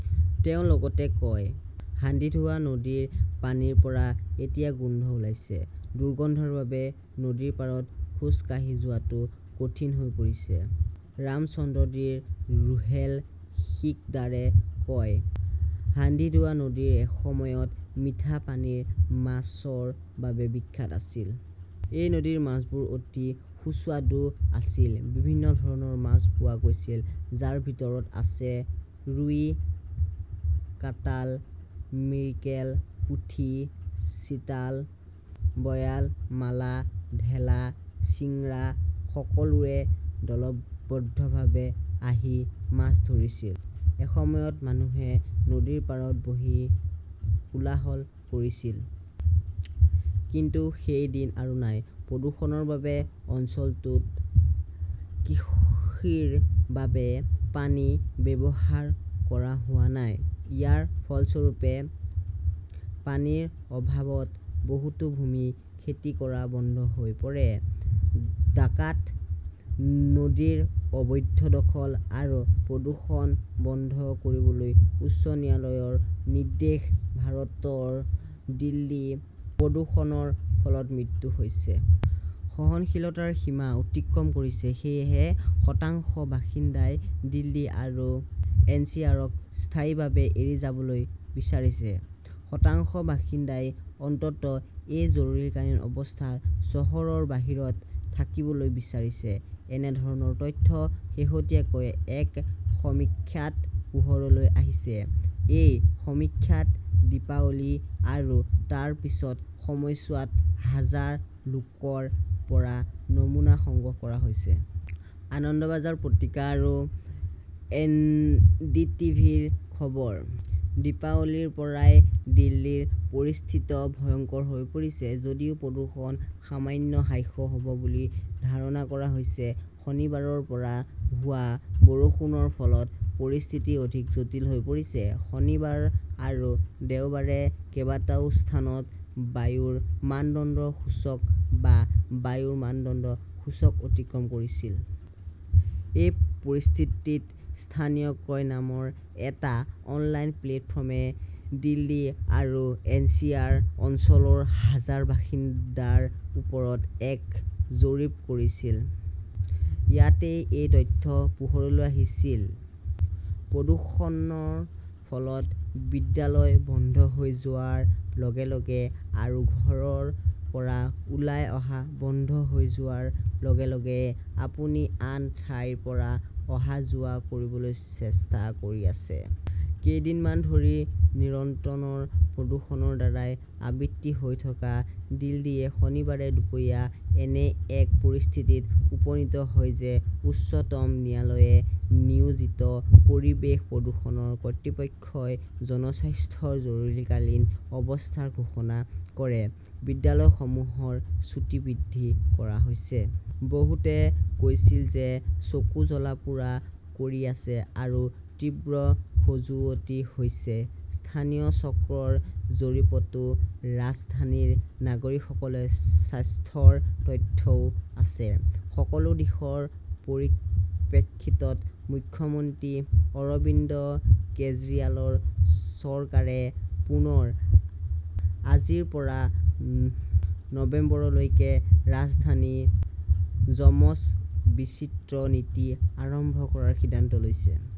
তেওঁ লগতে কয় হাণ্ডিধোৱা নদীৰ পানীৰ পৰা এতিয়া গোন্ধ ওলাইছে। দুৰ্গন্ধৰ বাবে নদীৰ পাৰত খোজ কাঢ়ি যোৱাটো কঠিন হৈ পৰিছে। ৰামচন্দ্ৰদীৰ ৰোহেল সিকদাৰে কয় হাণ্ডিধোৱা নদী এসময়ত মিঠা পানীৰ মাছৰ বাবে বিখ্যাত আছিল। এই নদীৰ মাছবোৰ অতি সুস্বাদু আছিল। বিভিন্ন ধৰণৰ মাছ পোৱা গৈছিল যাৰ ভিতৰত আছে ৰুই, কাটাল, মিৰিকেল, পুটি, চিতাল, বয়াল, মালা, ঢেলা, চিংৰা। সকলোৱে দলবদ্ধভাৱে আহি মাছ ধৰিছিল। এসময়ত মানুহে নদীৰ পাৰত বহি কোলাহল কৰিছিল। কিন্তু সেই দিনটো আৰু নাই। প্ৰদূষণৰ বাবে অঞ্চলটোত কৃষিৰ বাবে পানী ব্যৱহাৰ কৰা হোৱা নাই। ইয়াৰ ফলস্বৰূপে পানীৰ অভাৱত বহুতো ভূমি খেতি কৰা বন্ধ হৈ পৰে। ডাকাত নদীৰ অবৈধ দখল আৰু প্ৰদূষণ বন্ধ কৰিবলৈ উচ্চ ন্যায়ালয়ৰ নিৰ্দেশ ভাৰতৰ দিল্লীত প্ৰদূষণৰ ফলত মৃত্যু হৈছে। সহনশীলতাৰ সীমা অতিক্ৰম কৰিছে। সেয়েহে শতাংশ বাসিন্দাই দিল্লী আৰু এনচিআৰক স্থায়ীভাৱে এৰি যাবলৈ বিচাৰিছে। শতাংশ বাসিন্দাই অন্তত এই জৰুৰীকালীন অৱস্থাত চহৰৰ বাহিৰত থাকিবলৈ বিচাৰিছে। এনে ধৰণৰ তথ্য শেহতীয়াকৈ এক সমীক্ষাত পোহৰলৈ আহিছে। এই সমীক্ষাত দীপাৱলী আৰু তাৰ পিছৰ সময়ছোৱাত হাজাৰ লোকৰ পৰা নমুনা সংগ্ৰহ কৰা হৈছে। আনন্দবাজাৰ পত্ৰিকা আৰু এনডিটিভিৰ খবৰ। দীপাৱলীৰ পৰাই দিল্লীৰ পৰিস্থিত ভয়ংকৰ হৈ পৰিছে। যদিও প্ৰদূষণ সামান্য হাস্য হ'ব বুলি ধাৰণা কৰা হৈছে। শনিবাৰৰ পৰা হোৱা বৰষুণৰ ফলত পৰিস্থিতি অধিক জটিল হৈ পৰিছে। শনিবাৰ আৰু দেওবাৰে কেইবাটাও স্থানত বায়ুৰ মানদণ্ড সূচক বা বায়ুৰ মানদণ্ড সূচক অতিক্ৰম কৰিছিল। এই পৰিস্থিতিত স্থানীয় ক্ৰয় নামৰ এটা অনলাইন প্লেটফৰ্মে দিল্লী আৰু এনচিআৰ অঞ্চলৰ হাজাৰ বাসিন্দাৰ ওপৰত এক জৰীপ কৰিছিল। ইয়াতেই এই তথ্য পোহৰলৈ আহিছিল। প্ৰদূষণৰ ফলত বিদ্যালয় বন্ধ হৈ যোৱাৰ লগে লগে আৰু ঘৰৰ পৰা ওলাই অহা বন্ধ হৈ যোৱাৰ লগে লগে আপুনি আন ঠাইৰ পৰা অহা-যোৱা কৰিবলৈ চেষ্টা কৰি আছে। কেইদিনমান ধৰি নিৰন্তনৰ প্ৰদূষণৰ দ্বাৰা আবৃত্তি হৈ থকা দিল্লীয়ে শনিবাৰে দুপৰীয়া এনে এক পৰিস্থিতিত উপনীত হয় যে উচ্চতম ন্যায়ালয়ে নিয়োজিত পৰিৱেশ প্ৰদূষণ কৰ্তৃপক্ষই জনস্বাস্থ্য জৰুৰীকালীন অৱস্থা ঘোষণা কৰে। বিদ্যালয়সমূহৰ ছুটী বৃদ্ধি কৰা হৈছে। বহুতে কৈছিল যে চকু জ্বলা-পোৰা কৰি আছে আৰু তীব্ৰ খজুৱতি হৈছে। স্থানীয় চক্ৰৰ জৰীপটো ৰাজধানীৰ নাগৰিকসকলে স্বাস্থ্যৰ তথ্যও আছে। সকলো দিশৰ পৰিপ্ৰেক্ষিতত মুখ্যমন্ত্ৰী অৰবিন্দ কেজিয়ালৰ চৰকাৰে পুনৰ আজিৰ পৰা নৱেম্বৰলৈকে ৰাজধানী যমজ-বিচিত্ৰ নীতি আৰম্ভ কৰাৰ সিদ্ধান্ত লৈছে।